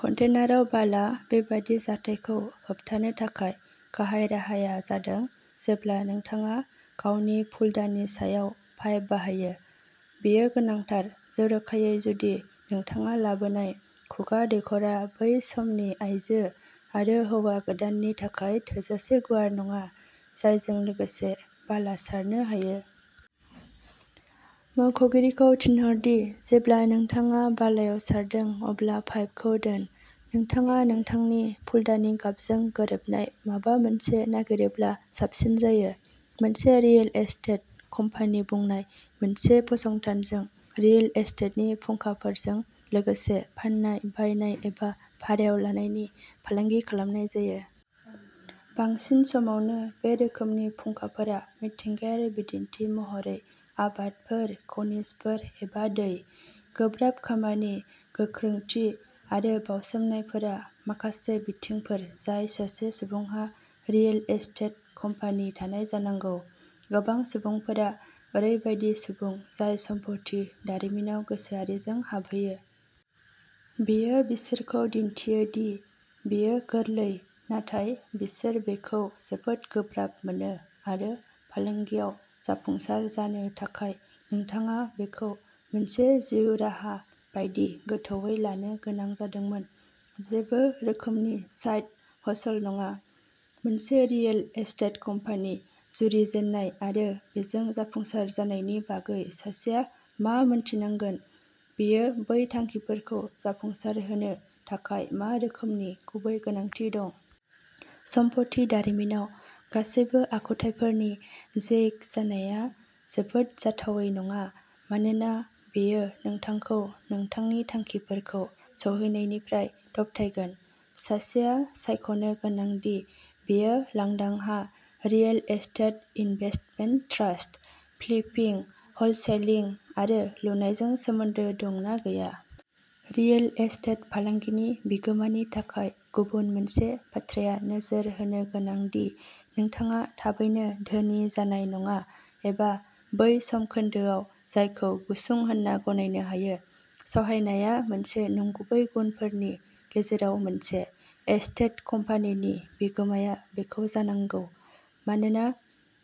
कन्टेनाराव बाला बेबादि जाथायखौ होबथानो थाखाय गाहाय राहाया जादों जेब्ला नोंथाङा गावनि फुलदानि सायाव पाइप बाहायो। बेयो गोनांथार, जर'खायै जुदि नोंथाङा लाबोनाय खुगा दैखरआ बै समनि आइजो आरो हौवा गोदाननि थाखाय थोजासे गुवार नङा, जायजों लोगोसे बाला सारनो हायो। मावख'गिरिखौ थिनहर दि जेब्ला नोंथाङा बालायाव सारदों अब्ला पाइपखौ दोन। नोंथाङा नोंथांनि फुलदानि गाबजों गोरोबनाय माबा मोनसे नागिरोब्ला साबसिन जायो। मोनसे रियेल एस्टेट कम्पानि बुंनाय मोनसे फसंथानजों रियेल एस्टेटनि फुंखाफोरजों लोगोसे फाननाय, बायनाय एबा भारायाव लानायनि फालांगि खालामनाय जायो। बांसिन समावनो बे रोखोमनि फुंखाफोरा मिथिंगायारि बिदिन्थि महरै आबादफोर, खनिजफोर एबा दै। गोब्राब खामानि, गोख्रोंथि आरो बाउसोमनायफोरा माखासे बिथिंफोर जाय सासे सुबुंहा रियेल एस्टेट कम्पानि थानाय जानांगौ। गोबां सुबुंफोरा ओरैबायदि सुबुं जाय सम्पथि दारिमिनाव गोसोआरिजों हाबहैयो। बेयो बिसोरखौ दिन्थियो दि बेयो गोरलै नाथाय, बिसोर बेखौ जोबोद गोब्राब मोनो आरो फालांगियाव जाफुंसार जानो थाखाय नोंथाङा बेखौ मोनसे जिउ राहा बायदि गोथौवै लानो गोनां जादोंमोन, जेबो रोखोमनि साइड हसल नङा। मोनसे रियेल एस्टेट कम्पानि जुरिजेननाय आरो बेजों जाफुंसार जानायनि बागै सासेआ मा मिन्थिनांगोन, बेयो बै थांखिफोरखौ जाफुंसारहोनो थाखाय मा रोखोमनि गुबै गोनांथि दं। सम्पथि दारिमिनाव गासैबो आखुथाइफोरनि जैक जानाया जोबोद जाथावै नङा मानोना बेयो नोंथांखौ नोंथांनि थांखिफोरखौ सौहैनायनिफ्राय दबथायगोन। सासेआ सायख'नो गोनां दि बेयो लांदां हा, real estate investment trust, flipping, wholesaling आरो लुनायजों सोमोन्दो दं ना गैया। रियेल एस्टेट फालांगिनि बिगोमानि थाखाय गुबुन मोनसे बाथ्राया नोजोर होनो गोनां दि नोंथाङा थाबैनो धोनि जानाय नङा एबा बै समखोन्दोआव जायखौ गुसुं होनना गनायनो हायो। सहायनाया मोनसे नंगुबै गुनफोरनि गेजेराव मोनसे। एस्टेट कम्पानिनि बिगोमाया बेखौ जानांगौ मानोना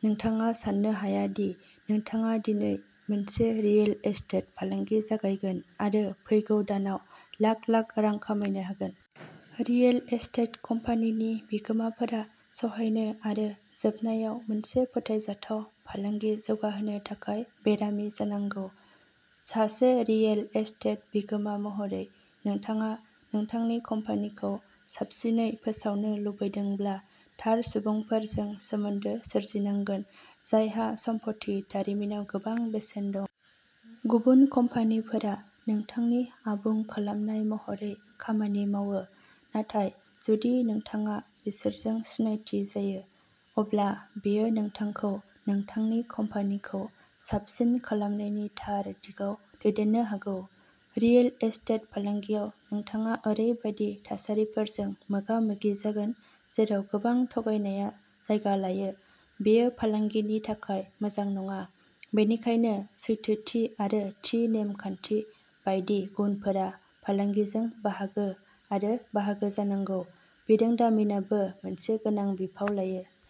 नोंथाङा साननो हाया दि नोंथाङा दिनै मोनसे रियेल एस्टेट फालांगि जागायगोन आरो फैगौ दानाव लाख लाख रां खामायनो हागोन। रियेल एस्टेट कम्पानिनि बिगोमाफोरा सहायनो आरो जोबनायाव मोनसे फोथायजाथाव फालांगि जौगाहोनो थाखाय बेरामि जानांगौ। सासे रियेल एस्टेट बिगोमा महरै नोंथाङा नोंथांनि कम्पानिखौ साबसिनै फोसावनो लुबैदोंब्ला थार सुबुंफोरजों सोमोन्दो सोरजिनांगोन, जायहा सम्पथि दारिमिनाव गोबां बेसेन दं। गुबुन कम्पानिफोरा नोंथांनि आबुं खालामनाय महरै खामानि मावो, नाथाय जुदि नोंथाङा बिसोरजों सिनायथि जायो, अब्ला बेयो नोंथांखौ नोंथांनि कम्पानिखौ साबसिन खालामनायनि थार दिगाव दैदेननो हागौ। रियेल एस्टेट फालांगियाव नोंथाङा ओरैबायदि थासारिफोरजों मोगा-मोगि जागोन जेराव गोबां थगायनाया जायगा लायो, बेयो फालांगिनि थाखाय मोजां नङा, बेनिखायनो सैथोथि आरो थि नेम खान्थि बायदि गुनफोरा फालांगिजों बाहागो आरो बाहागो जानांगौ। बिरोंदामिनआबो मोनसे गोनां बिफाव लायो।